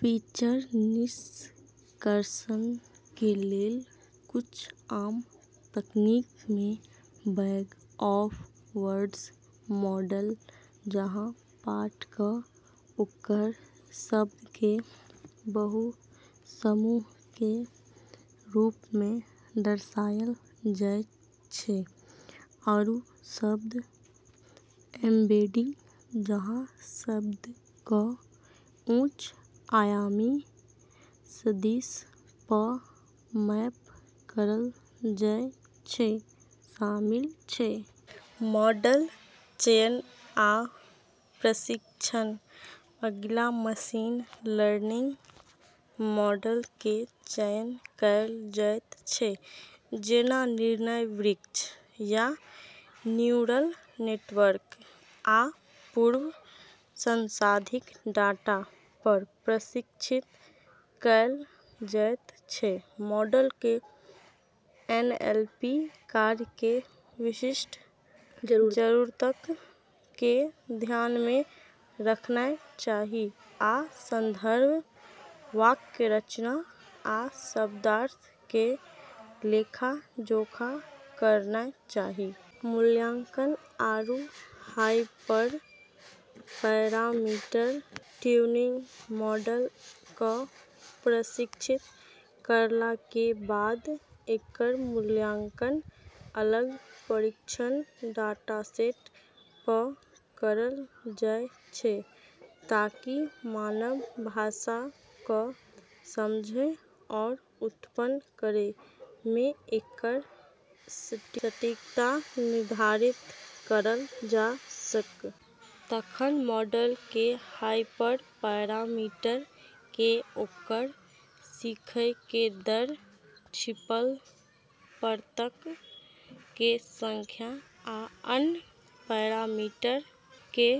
Feature निष्कर्षण के लेल कुछ आम तकनीक मे बैग-ऑफ-वर्ड्स मॉडल, जहाँ पाठ क ओकर शब्द के बहुसमूह के रूप मे दर्शायल जाय छै, आरू शब्द एम्बेडिंग, जहाँ शब्द क उच्च-आयामी सदिश प मैप करल जाय छै, शामिल छै। मॉडल चयन आ प्रशिक्षण अगिला, मशीन लर्निंग मॉडल के चयन कैल जैत छै, जेना निर्णय वृक्ष, या न्यूरल नेटवर्क, आ पूर्व संसाधित डाटा पर प्रशिक्षित कैल जैत छै। मॉडल के एनएलपी कार्य के विशिष्ट जरूरतक के ध्यान मे रखनाय चाही, आ संदर्भ, वाक्य रचना, आ शब्दार्थ के लेखा-जोखा करनाय चाही। मूल्यांकन आरू हाइपरपैरामीटर ट्यूनिंग मॉडल क प्रशिक्षित करला के बाद एकर मूल्यांकन अलग परीक्षण डाटासेट प करल जाय छै ताकि मानव भाषा क समझै आरू उत्पन्न करै मे एकर सटीकता निर्धारित करल जा सक। तखन मॉडल के हाइपरपैरामीटर के ओकर सीखय के दर, छिपल परतक के संख्या, आ अन्य पैरामीटरक के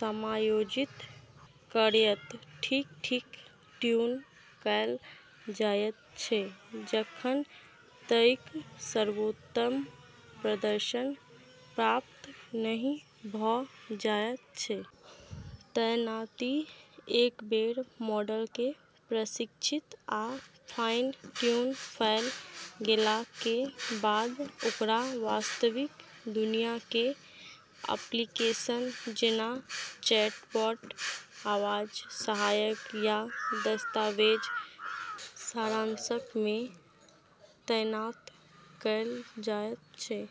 समायोजित करयत ठीक-ठीक ट्यून कैल जायत छै, जखन तइक सर्वोत्तम प्रदर्शन प्राप्त नहि भ जायत छै। तैनाती एक बेर मॉडल के प्रशिक्षित आ फाइन-ट्यून कैल गेलाक के बाद, ओकरा वास्तविक दुनिया के एप्लीकेशन जेना चैटबॉट, आवाज सहायक, या दस्तावेज सारांशक मे तैनात कैल जायत छै।